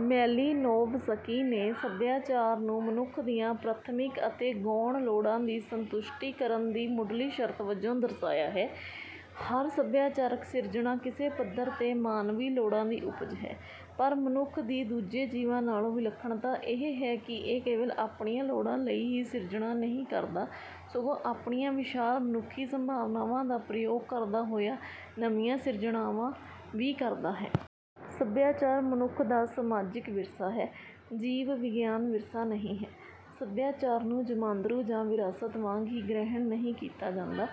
Malinowski ਨੇ ਸਭਿਆਚਾਰ ਨੂੰ ਮਨੁੱਖ ਦੀਆਂ ਪ੍ਰਾਥਮਿਕ ਅਤੇ ਗੌਣ ਲੋੜਾਂ ਦੀ ਸੰਤੁਸ਼ਟੀ ਕਰਨ ਦੀ ਮੁੱਢਲੀ ਸ਼ਰਤ ਵਜੋਂ ਦਰਸਾਇਆ ਹੈ। “ਹਰ ਸਭਿਆਚਾਰਕ ਸਿਰਜਣਾ ਕਿਸੇ ਪੱਧਰ ’ਤੇ ਮਾਨਵੀ ਲੋੜਾਂ ਦੀ ਉਪਜ ਹੈ। ਪਰ ਮਨੁੱਖ ਦੀ ਦੂਜੇ ਜੀਵਾਂ ਨਾਲੋਂ ਵਿਲੱਖਣਤਾ ਇਹ ਹੈ ਕਿ ਇਹ ਕੇਵਲ ਆਪਣੀਆਂ ਲੋੜਾਂ ਲਈ ਹੀ ਸਿਰਜਣਾ ਨਹੀਂ ਕਰਦਾ, ਸਗੋਂ ਆਪਣੀਆਂ ਵਿਸ਼ਾਲ ਮਨੁੱਖੀ ਸੰਭਾਵਨਾਵਾਂ ਦਾ ਪ੍ਰਯੋਗ ਕਰਦਾ ਹੋਇਆ ਨਵੀਆਂ ਸਿਰਜਣਾਵਾਂ ਵੀ ਕਰਦਾ ਹੈ।” ਸਭਿਆਚਾਰ ਮਨੁੱਖ ਦਾ ਸਮਾਜਕ ਵਿਰਸਾ ਹੈ, ਜੀਵ-ਵਿਗਿਆਨ ਵਿਰਸਾ ਨਹੀਂ ਹੈ। ਸਭਿਆਚਾਰ ਨੂੰ ਜਮਾਂਦਰੂ ਜਾਂ ਵਿਰਾਸਤ ਵਾਂਗ ਹੀ ਗ੍ਰਹਿਣ ਨਹੀਂ ਕੀਤਾ ਜਾਂਦਾ,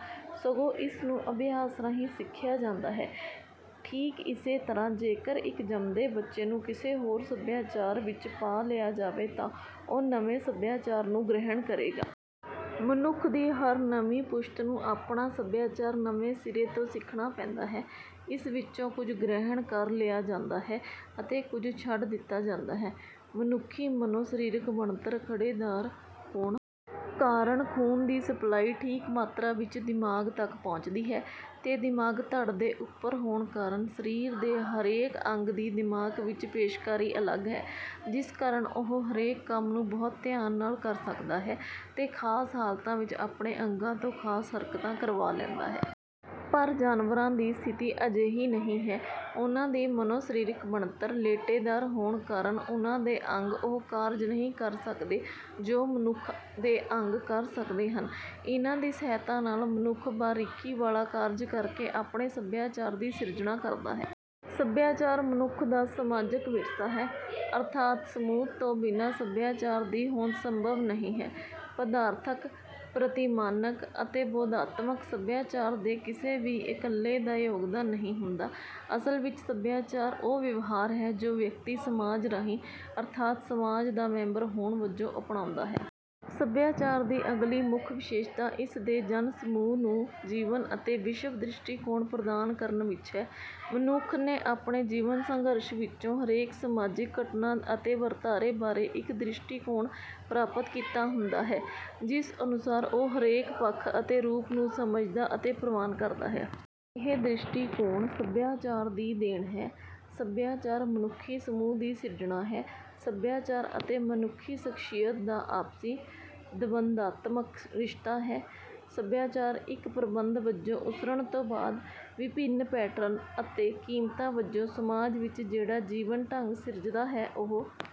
ਸਗੋਂ ਇਸ ਨੂੰ ਅਭਿਆਸ ਰਾਹੀਂ ਸਿੱਖਿਆ ਜਾਂਦਾ ਹੈ। ਠੀਕ ਇਸੇ ਤਰ੍ਹਾਂ, ਜੇਕਰ ਇੱਕ ਜੰਮਦੇ ਬੱਚੇ ਨੂੰ ਕਿਸੇ ਹੋਰ ਸਭਿਆਚਾਰ ਵਿੱਚ ਪਾ ਲਿਆ ਜਾਵੇ ਤਾਂ ਉਹ ਨਵੇਂ ਸਭਿਆਚਾਰ ਨੂੰ ਗ੍ਰਹਿਣ ਕਰੇਗਾ। ਮਨੁੱਖ ਦੀ ਹਰ ਨਵੀਂ ਪੁਸ਼ਤ ਨੂੰ ਆਪਣਾ ਸਭਿਆਚਾਰ ਨਵੇਂ ਸਿਰੇ ਤੋਂ ਸਿੱਖਣਾ ਪੈਂਦਾ ਹੈ। ਇਸ ਵਿੱਚੋਂ ਕੁਝ ਗ੍ਰਹਿਣ ਕਰ ਲਿਆ ਜਾਂਦਾ ਹੈ ਅਤੇ ਕੁਝ ਛੱਡ ਦਿੱਤਾ ਜਾਂਦਾ ਹੈ। ਮਨੁੱਖੀ ਮਨੋ-ਸਰੀਰਕ ਬਣਤਰ ਖੜ੍ਹੇਦਾਰ ਹੋਣ ਕਾਰਨ ਖ਼ੂਨ ਦੀ ਸਪਲਾਈ ਠੀਕ ਮਾਤਰਾ ਵਿੱਚ ਦਿਮਾਗ ਤੱਕ ਪਹੁੰਚਦੀ ਹੈ ਤੇ ਦਿਮਾਗ ਧੜ ਦੇ ਉੱਪਰ ਹੋਣ ਕਾਰਨ ਸਰੀਰ ਦੇ ਹਰੇਕ ਅੰਗ ਦੀ ਦਿਮਾਗ ਵਿੱਚ ਪੇਸ਼ਕਾਰੀ ਅਲੱਗ ਹੈ, ਜਿਸ ਕਾਰਨ ਉਹ ਹਰੇਕ ਕੰਮ ਨੂੰ ਬਹੁਤ ਧਿਆਨ ਨਾਲ ਕਰ ਸਕਦਾ ਹੈ ਤੇ ਖ਼ਾਸ ਹਾਲਤਾਂ ਵਿੱਚ ਆਪਣੇ ਅੰਗਾਂ ਤੋਂ ਖ਼ਾਸ ਹਰਕਤਾਂ ਕਰਵਾ ਲੈਂਦਾ ਹੈ। ਪਰ ਜਾਨਵਰਾਂ ਦੀ ਸਥਿਤੀ ਅਜਿਹੀ ਨਹੀਂ ਹੈ। ਉਨ੍ਹਾਂ ਦੀ ਮਨੋ-ਸਰੀਰਕ ਬਣਤਰ ਲੇਟੇਦਾਰ ਹੋਣ ਕਾਰਨ ਉਨ੍ਹਾਂ ਦੇ ਅੰਗ ਉਹ ਕਾਰਜ ਨਹੀਂ ਕਰ ਸਕਦੇ ਜੋ ਮਨੁੱਖ ਦੇ ਅੰਗ ਕਰ ਸਕਦੇ ਹਨ। ਇਨ੍ਹਾਂ ਦੀ ਸਹਾਇਤਾ ਨਾਲ ਮਨੁੱਖ ਬਾਰੀਕੀ ਵਾਲਾ ਕਾਰਜ ਕਰਕੇ ਆਪਣੇ ਸਭਿਆਚਾਰ ਦੀ ਸਿਰਜਣਾ ਕਰਦਾ ਹੈ। ਸਭਿਆਚਾਰ ਮਨੁੱਖ ਦਾ ਸਮਾਜਕ ਵਿਰਸਾ ਹੈ। ਅਰਥਾਤ, ਸਮੂਹ ਤੋਂ ਬਿਨਾਂ ਸਭਿਆਚਾਰ ਦੀ ਹੋਂਦ ਸੰਭਵ ਨਹੀਂ ਹੈ। ਪਦਾਰਥਕ, ਪ੍ਰਤਿਮਾਨਕ ਅਤੇ ਬੋਧਾਤਮਕ ਸਭਿਆਚਾਰ ਦੇ ਕਿਸੇ ਵੀ ਇੱਕਲੇ ਦਾ ਯੋਗਦਾਨ ਨਹੀਂ ਹੁੰਦਾ। ਅਸਲ ਵਿੱਚ ਸਭਿਆਚਾਰ ਉਹ ਵਿਵਹਾਰ ਹੈ ਜੋ ਵਿਅਕਤੀ ਸਮਾਜ ਰਾਹੀਂ, ਅਰਥਾਤ ਸਮਾਜ ਦਾ ਮੈਂਬਰ ਹੋਣ ਵਜੋਂ, ਅਪਣਾਉਂਦਾ ਹੈ। ਸਭਿਆਚਾਰ ਦੀ ਅਗਲੀ ਮੁੱਖ ਵਿਸ਼ੇਸ਼ਤਾ ਇਸ ਦੇ ਜਨ-ਸਮੂਹ ਨੂੰ ਜੀਵਨ ਅਤੇ ਵਿਸ਼ਵ-ਦ੍ਰਿਸ਼ਟੀਕੋਣ ਪ੍ਰਦਾਨ ਕਰਨ ਵਿੱਚ ਹੈ। ਮਨੁੱਖ ਨੇ ਆਪਣੇ ਜੀਵਨ-ਸੰਘਰਸ਼ ਵਿੱਚੋਂ ਹਰੇਕ ਸਮਾਜਿਕ ਘਟਨਾ ਅਤੇ ਵਰਤਾਰੇ ਬਾਰੇ ਇੱਕ ਦ੍ਰਿਸ਼ਟੀਕੋਣ ਪ੍ਰਾਪਤ ਕੀਤਾ ਹੁੰਦਾ ਹੈ, ਜਿਸ ਅਨੁਸਾਰ ਉਹ ਹਰੇਕ ਪੱਖ ਅਤੇ ਰੂਪ ਨੂੰ ਸਮਝਦਾ ਅਤੇ ਪ੍ਰਵਾਨ ਕਰਦਾ ਹੈ। ਇਹ ਦ੍ਰਿਸ਼ਟੀਕੋਣ ਸਭਿਆਚਾਰ ਦੀ ਦੇਣ ਹੈ। ਸਭਿਆਚਾਰ ਮਨੁੱਖੀ ਸਮੂਹ ਦੀ ਸਿਰਜਣਾ ਹੈ। ਸਭਿਆਚਾਰ ਅਤੇ ਮਨੁੱਖੀ ਸ਼ਖ਼ਸੀਅਤ ਦਾ ਆਪਸੀ ਦਵੰਦਾਤਮਕ ਰਿਸ਼ਤਾ ਹੈ। ਸਭਿਆਚਾਰ ਇੱਕ ਪ੍ਰਬੰਧ ਵਜੋਂ ਉਸਰਨ ਤੋਂ ਬਾਅਦ ‘ਵਿਭਿੰਨ ਪੈਟਰਨ’ ਅਤੇ ਕੀਮਤਾਂ ਵਜੋਂ ਸਮਾਜ ਵਿੱਚ ਜਿਹੜਾ ਜੀਵਨ-ਢੰਗ ਸਿਰਜਦਾ ਹੈ, ਉਹ...